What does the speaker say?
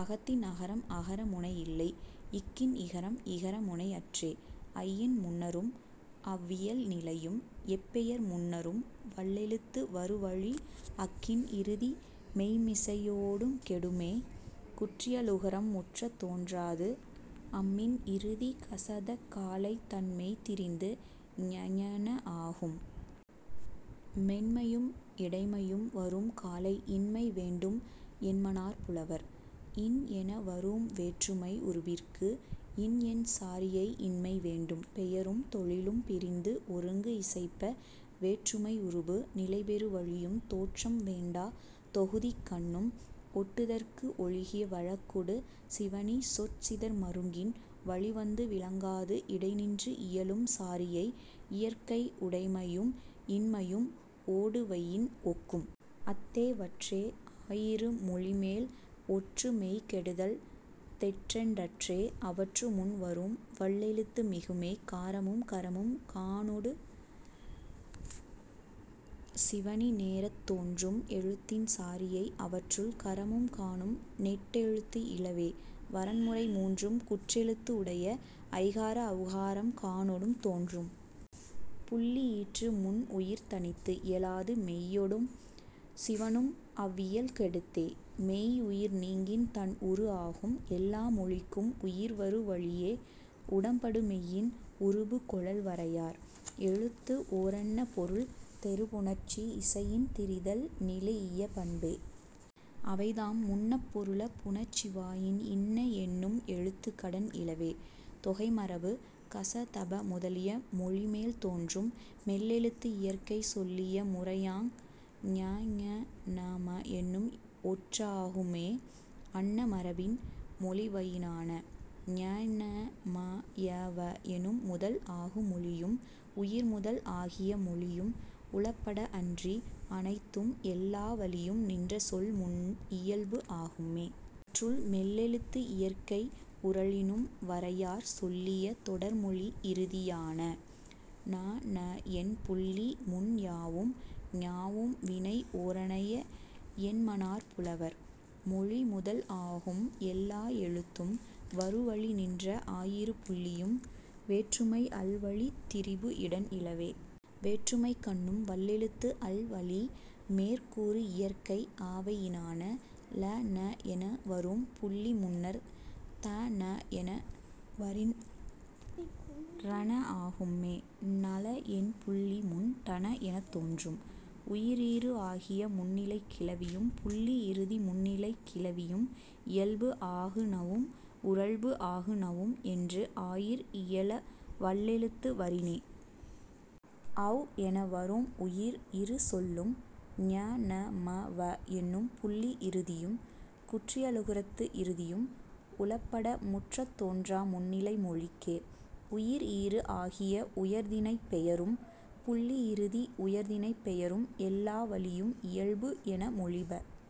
அத்தின் அகரம் அகர முனை இல்லை. இக்கின் இகரம் இகர முனை அற்றே. ஐயின் முன்னரும் அவ் இயல் நிலையும். எப் பெயர் முன்னரும் வல்லெழுத்து வரு வழி அக்கின் இறுதி மெய்ம் மிசையொடும் கெடுமே குற்றியலுகரம் முற்றத் தோன்றாது. அம்மின் இறுதி க ச தக் காலை தன் மெய் திரிந்து ங ஞ ந ஆகும். மென்மையும் இடைமையும் வரூஉம் காலை இன்மை வேண்டும் என்மனார் புலவர். இன் என வரூஉம் வேற்றுமை உருபிற்கு இன் என் சாரியை இன்மை வேண்டும். பெயரும் தொழிலும் பிரிந்து ஒருங்கு இசைப்ப வேற்றுமை உருபு நிலைபெறு வழியும் தோற்றம் வேண்டாத் தொகுதிக்கண்ணும் ஒட்டுதற்கு ஒழுகிய வழக்கொடு சிவணி சொற் சிதர் மருங்கின் வழி வந்து விளங்காது இடை நின்று இயலும் சாரியை இயற்கை உடைமையும் இன்மையும் ஒடுவயின் ஒக்கும். அத்தே வற்றே ஆயிரு மொழிமேல் ஒற்று மெய் கெடுதல் தெற்றென்றற்றே அவற்று முன் வரூஉம் வல்லெழுத்து மிகுமே. காரமும் கரமும் கானொடு சிவணி நேரத் தோன்றும் எழுத்தின் சாரியை. அவற்றுள், கரமும் கானும் நெட்டெழுத்து இலவே. வரன்முறை மூன்றும் குற்றெழுத்து உடைய. ஐகார ஔகாரம் கானொடும் தோன்றும். புள்ளி ஈற்று முன் உயிர் தனித்து இயலாது மெய்யொடும் சிவணும் அவ் இயல் கெடுத்தே. மெய் உயிர் நீங்கின் தன் உரு ஆகும். எல்லா மொழிக்கும் உயிர் வரு வழியே உடம்படுமெய்யின் உருபு கொளல் வரையார். எழுத்து ஓரன்ன பொருள் தெரி புணர்ச்சி இசையின் திரிதல் நிலைஇய பண்பே. அவைதாம், முன்னப் பொருள புணர்ச்சிவாயின் இன்ன என்னும் எழுத்துக் கடன் இலவே.. தொகைமரபு க ச த ப முதலிய மொழிமேல் தோன்றும் மெல்லெழுத்து இயற்கை சொல்லிய முறையான் ங ஞ ந ம என்னும் ஒற்று ஆகும்மே அன்ன மரபின் மொழிவயினான. ஞ ந ம ய வ எனும் முதல் ஆகு மொழியும் உயிர் முதல் ஆகிய மொழியும் உளப்பட அன்றி அனைத்தும் எல்லா வழியும் நின்ற சொல் முன் இயல்பு ஆகும்மே. அவற்றுள், மெல்லெழுத்து இயற்கை உறழினும் வரையார் சொல்லிய தொடர்மொழி இறுதியான. ண ன என் புள்ளி முன் யாவும் ஞாவும் வினை ஓரனைய என்மனார் புலவர். மொழி முதல் ஆகும் எல்லா எழுத்தும் வரு வழி நின்ற ஆயிரு புள்ளியும் வேற்றுமை அல் வழித் திரிபு இடன் இலவே. வேற்றுமைக்கண்ணும் வல்லெழுத்து அல் வழி மேற் கூறு இயற்கை ஆவயினான. ல ன என வரூஉம் புள்ளி முன்னர் த ந என வரின் ற ன ஆகும்மே. ண ள என் புள்ளி முன் ட ண எனத் தோன்றும். உயிர் ஈறு ஆகிய முன்னிலைக் கிளவியும் புள்ளி இறுதி முன்னிலைக் கிளவியும் இயல்பு ஆகுநவும் உறழ்பு ஆகுநவும் என்று ஆயீர் இயல வல்லெழுத்து வரினே. ஔ என வரூஉம் உயிர் இறு சொல்லும் ஞ ந ம வ என்னும் புள்ளி இறுதியும் குற்றியலுகரத்து இறுதியும் உளப்பட முற்றத் தோன்றா முன்னிலை மொழிக்கே. உயிர் ஈறு ஆகிய உயர்திணைப் பெயரும் புள்ளி இறுதி உயர்திணைப் பெயரும் எல்லா வழியும் இயல்பு என மொழிப.